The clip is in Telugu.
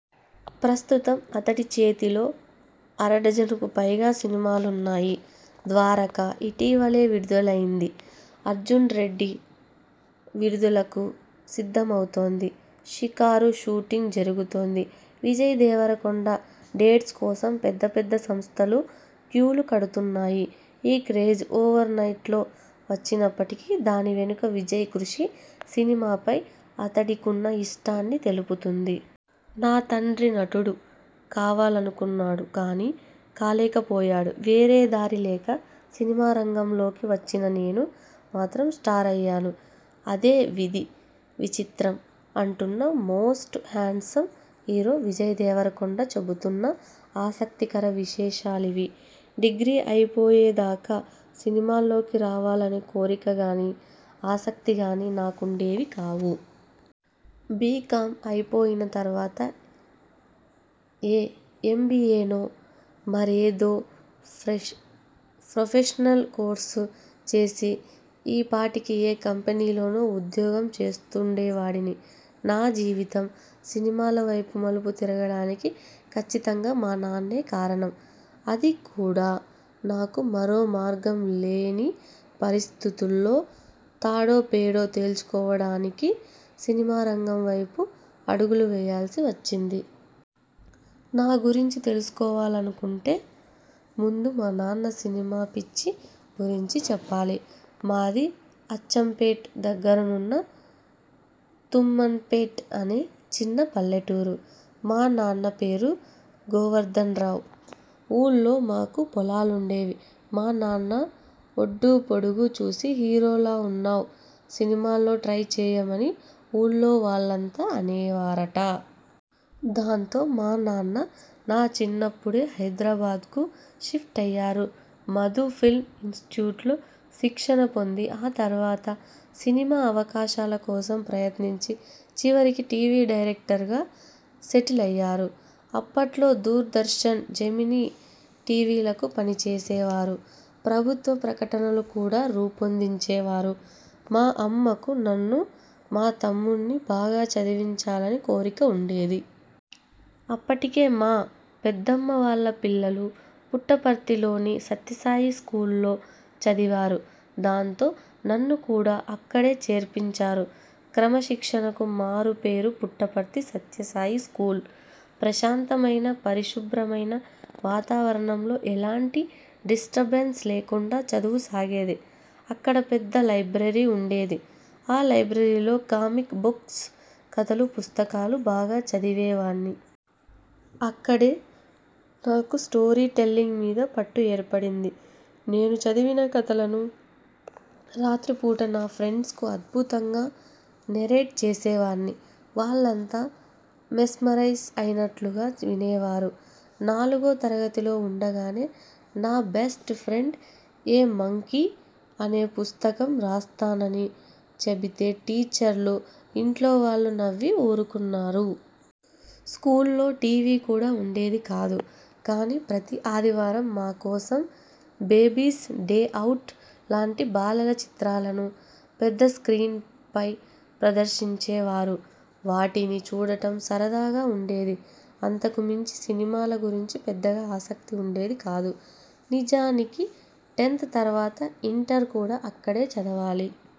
ప్రస్తుతం అతడి చేతిలో అరడజనుకుపైగా సినిమాలున్నాయి. 'ద్వారక' ఇటీవలే విడుదలైంది. 'అర్జున్రెడ్డి' విడుదలకు సిద్ధమవుతోంది. 'షికారు' షూటింగ్ జరుగుతోంది. విజయ్ దేవరకొండ డేట్స్ కోసం పెద్ద పెద్ద సంస్థలు క్యూలు కడుతున్నాయి. ఈ క్రేజ్ ఓవర్నైట్లో వచ్చినప్పటికీ, దాని వెనుక విజయ్ కృషి సినిమాపై అతడికున్న ఇష్టాన్ని తెలుపుతుంది. 'నా తండ్రి నటుడు కావాలనుకున్నాడు. కానీ కాలేకపోయాడు. వేరే దారి లేక సినిమారంగంలోకి వచ్చిన నేను మాత్రం స్టార్నయ్యాను. అదే విధి విచిత్రం' అంటున్న most handsome hero Vijay Deverakonda చెబుతున్న ఆసక్తికర విశేషాలివి డిగ్రీ అయిపోయేదాకా సినిమాల్లోకి రావాలనే కోరికగానీ, ఆసక్తిగానీ నాకుండేవి కావు. బీకామ్ అయిపోయిన తర్వాత ఏ ఎంబీయేనో, మరేదో ప్రొఫెషనల్ కోర్సో చేసి ఈపాటికి ఏ కంపెనీలోనో ఉద్యోగం చేస్తుండేవాడిని. నా జీవితం సినిమాలవైపు మలుపు తిరగడానికి కచ్చితంగా మా నాన్నే కారణం. అది కూడా నాకు మరో మార్గం లేని పరిస్థితుల్లో, తాడో పేడో తేల్చుకోవడానికి సినిమారంగం వైపు అడుగులు వేయాల్సి వచ్చింది. నా గురించి తెలుసుకోవాలంటే ముందు మా నాన్న 'సినిమాపిచ్చి' గురించి చెప్పాలి. మాది అచ్చంపేట్ దగ్గరున్న తుమ్మన్పేట్ అనే చిన్న పల్లెటూరు. మా నాన్న పేరు గోవర్దన్రావు. ఊళ్లో మాకు పొలాలుండేవి. మా నాన్న ఒడ్డూపొడుగు చూసి 'హీరోల ఉన్నావు సినిమాల్లో ట్రై చేయమ'ని ఊళ్లో వాళ్లంతా అనేవారట. దాంతో మా నాన్న నా చిన్నప్పుడే హైదరాబాద్కు షిఫ్ట్ అయ్యారు. మధు ఫిల్మ్ ఇనిస్టిట్యూట్లో శిక్షణ పొంది ఆ తర్వాత సినిమా అవకాశాల కోసం ప్రయత్నించి చివరికి టీవీ డైరెక్టర్గా సెటిలయ్యారు. అప్పట్లో దూరదర్శన్, జెమినీ టీవీలకు పనిచేసేవారు. ప్రభుత్వ ప్రకటనలు కూడా రూపొందించేవారు. మా అమ్మకు నన్ను, మా తమ్ముడిని బాగా చదివించాలని కోరిక ఉండేది. అప్పటికే మా పెద్దమ్మ వాళ్ల పిల్లలు పుట్టపర్తిలోని సత్యసాయి స్కూలులో చదివారు. దాంతో నన్ను కూడా అక్కడే చేర్పించారు. క్రమశిక్షణకు మారుపేరు పుట్టపర్తి సత్యసాయి స్కూలు. ప్రశాంతమైన, పరిశుభ్రమైన వాతావరణంలో ఎలాంటి డిస్టర్బెన్స్ లేకుండా చదువు సాగేది. అక్కడ పెద్ద లైబ్రరీ ఉండేది. ఆ లైబ్రరీలో కామిక్ బుక్స్, కథల పుస్తకాలు బాగా చదివేవాణ్ణి. అక్కడే నాకు స్టోరీ టెల్లింగ్ మీద పట్టు ఏర్పడింది. నేను చదివిన కథలను రాత్రిపూట నా ఫ్రెండ్స్కు అద్భుతంగా నెరేట్ చేసేవాణ్ణి. వాళ్లంతా మెస్మరైజ్ అయినట్లుగా వినేవారు. నాలుగో తరగతిలో ఉండగానే 'my best friend a monkey' అనే పుస్తకం రాస్తానని చెబితే టీచర్లు, ఇంట్లోవాళ్లు నవ్వి ఊరుకున్నారు. స్కూల్లో టీవీ కూడా ఉండేది కాదు. కానీ ప్రతీ ఆదివారం మా కోసం 'బేబీస్ డే అవుట్' లాంటి బాలల చిత్రాలను పెద్ద స్ర్కీన్పై ప్రదర్శించేవారు. వాటిని చూడటం సరదాగా ఉండేది. అంతకుమించి సినిమాల గురించి పెద్దగా ఆసక్తి ఉండేది కాదు. నిజానికి టెన్త్ తర్వాత ఇంటర్ కూడా అక్కడే చదవాలి.